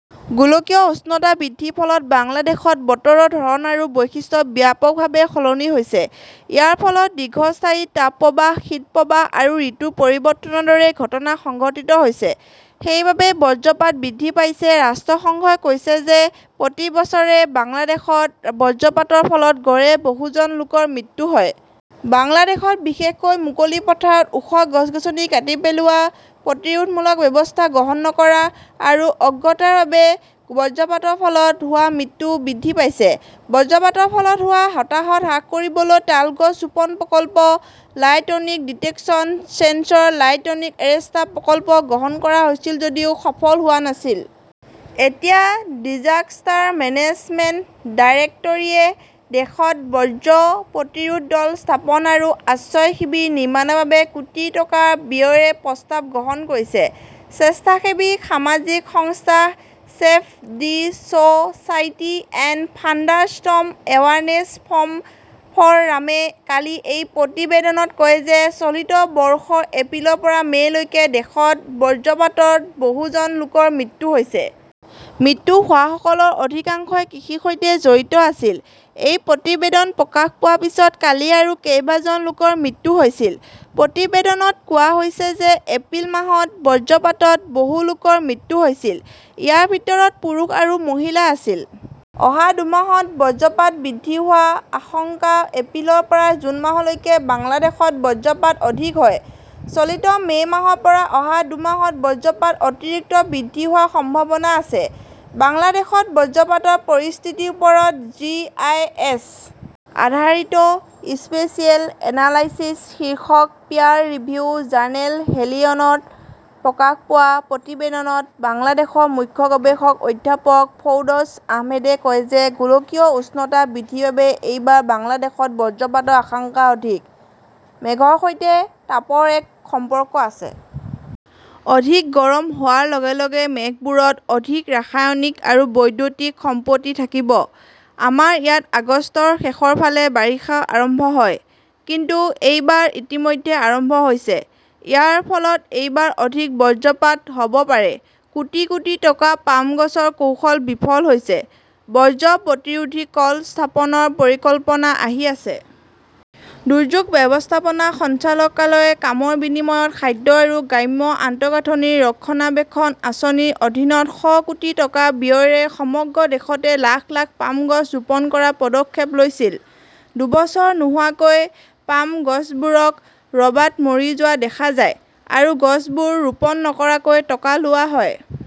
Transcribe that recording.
গোলকীয় উষ্ণতা বৃদ্ধিৰ ফলত বাংলাদেশত বতৰৰ ধৰণ আৰু বৈশিষ্ট্য ব্যাপকভাৱে সলনি হৈছে। ইয়াৰ ফলত দীৰ্ঘস্থায়ী তাপপ্ৰবাহ, শীতপ্ৰবাহ আৰু ঋতুৰ পৰিৱৰ্তনৰ দৰে ঘটনা সংঘটিত হৈছে। সেইবাবেই বজ্ৰপাত বৃদ্ধি পাইছে। ৰাষ্ট্ৰসংঘই কৈছে যে প্ৰতি বছৰে বাংলাদেশত বজ্ৰপাতৰ ফলত গড়ে বহুজন লোকৰ মৃত্যু হয়। বাংলাদেশত, বিশেষকৈ মুকলি পথাৰ ওখ গছ-গছনি কাটি পেলোৱা, প্ৰতিৰোধমূলক ব্যৱস্থা গ্ৰহণ নকৰা আৰু অজ্ঞতাৰ বাবে বজ্ৰপাতৰ ফলত হোৱা মৃত্যু বৃদ্ধি পাইছে। বজ্ৰপাতৰ ফলত হোৱা হতাহত হ্ৰাস কৰিবলৈ তাল গছ ৰোপণ প্ৰকল্প, lightning detection sensor, lightning arrester প্ৰকল্প গ্ৰহণ কৰা হৈছিল যদিও সফল হোৱা নাছিল। এতিয়া ডিজাস্টাৰ মেনেজমেণ্ট ডাইৰেক্টৰীয়ে দেশত বজ্ৰ প্ৰতিৰোধ দল স্থাপন আৰু আশ্ৰয় শিবিৰ নিৰ্মাণৰ বাবে কোটি টকা ব্যয়েৰে প্ৰস্তাৱ গ্ৰহণ কৰিছে। স্বেচ্ছাসেৱী সামাজিক সংস্থা Save the "Society and Thunderstorm Awareness ফ'ৰামে কালি এক প্ৰতিবেদনত কয় যে চলিত বৰ্ষৰ এপ্ৰিলৰ পৰা মে' লৈকে দেশত বজ্ৰপাতত বহুজন লোকৰ মৃত্যু হৈছে। মৃত্যু হোৱাসকলৰ অধিকাংশই কৃষিৰ সৈতে জড়িত আছিল। এই প্ৰতিবেদন প্ৰকাশ পোৱাৰ পিছত কালি আৰু কেইবাজন লোকৰ মৃত্যু হৈছিল। প্ৰতিবেদনত কোৱা হৈছে যে এপ্ৰিল মাহত বজ্ৰপাতত বহু লোকৰ মৃত্যু হৈছিল। ইয়াৰ ভিতৰত পুৰুষ আৰু মহিলা আছিল। অহা দুমাহত বজ্ৰপাত বৃদ্ধি হোৱাৰ আশংকা এপ্ৰিলৰ পৰা জুন মাহলৈকে বাংলাদেশত বজ্ৰপাত অধিক হয়। চলিত মে' মাহৰ পৰা অহা দুমাহত বজ্ৰপাত অতিৰিক্ত বৃদ্ধি হোৱাৰ সম্ভাৱনা আছে। "বাংলাদেশত বজ্ৰপাতৰ পৰিস্থিতিৰ ওপৰত জি. আই. এছ. -আধাৰিত স্পেচিয়েল এনালাইচিছ "ৰ শীৰ্ষক পিয়াৰ-ৰিভিউ জাৰ্নেল হেলিয়নত প্ৰকাশ পোৱা প্ৰতিবেদনত বাংলাদেশৰ মুখ্য গৱেষক অধ্যাপক ফৰ্ডৌছ আহমেদে কয় যে গোলকীয় উষ্ণতা বৃদ্ধিৰ বাবে এইবাৰ বাংলাদেশত বজ্ৰপাতৰ আশংকা অধিক। মেঘৰ সৈতে তাপৰ এক সম্পৰ্ক আছে। অধিক গৰম হোৱাৰ লগে লগে মেঘবোৰত অধিক ৰাসায়নিক আৰু বৈদ্যুতিক সম্পত্তি থাকিব। আমাৰ ইয়াত আগষ্টৰ শেষৰ ফালে বাৰিষা আৰম্ভ হয়। কিন্তু এইবাৰ ইতিমধ্যে আৰম্ভ হৈছে। ইয়াৰ ফলত এইবাৰ অধিক বজ্ৰপাত হ'ব পাৰে। কোটি কোটি টকাৰ পাম গছৰ কৌশল বিফল হৈছে, বজ্ৰ প্ৰতিৰোধী কল স্থাপনৰ পৰিকল্পনা আহি আছে। দুৰ্যোগ ব্যৱস্থাপনা সঞ্চালকালয়ে কামৰ বিনিময়ত খাদ্য আৰু গ্ৰাম্য আন্তঃগাঁথনি ৰক্ষণাবেক্ষণ আঁচনিৰ অধীনত শ কোটি টকা ব্যয়েৰে সমগ্ৰ দেশতে লাখ লাখ পাম গছ ৰোপণ কৰাৰ পদক্ষেপ লৈছিল। দুবছৰ নোহোৱাকৈ, পাম গছবোৰ ক "ৰবাত মৰি যোৱা দেখা যায়, আৰু গছবোৰ ৰোপণ নকৰাকৈ টকা লোৱা হয়।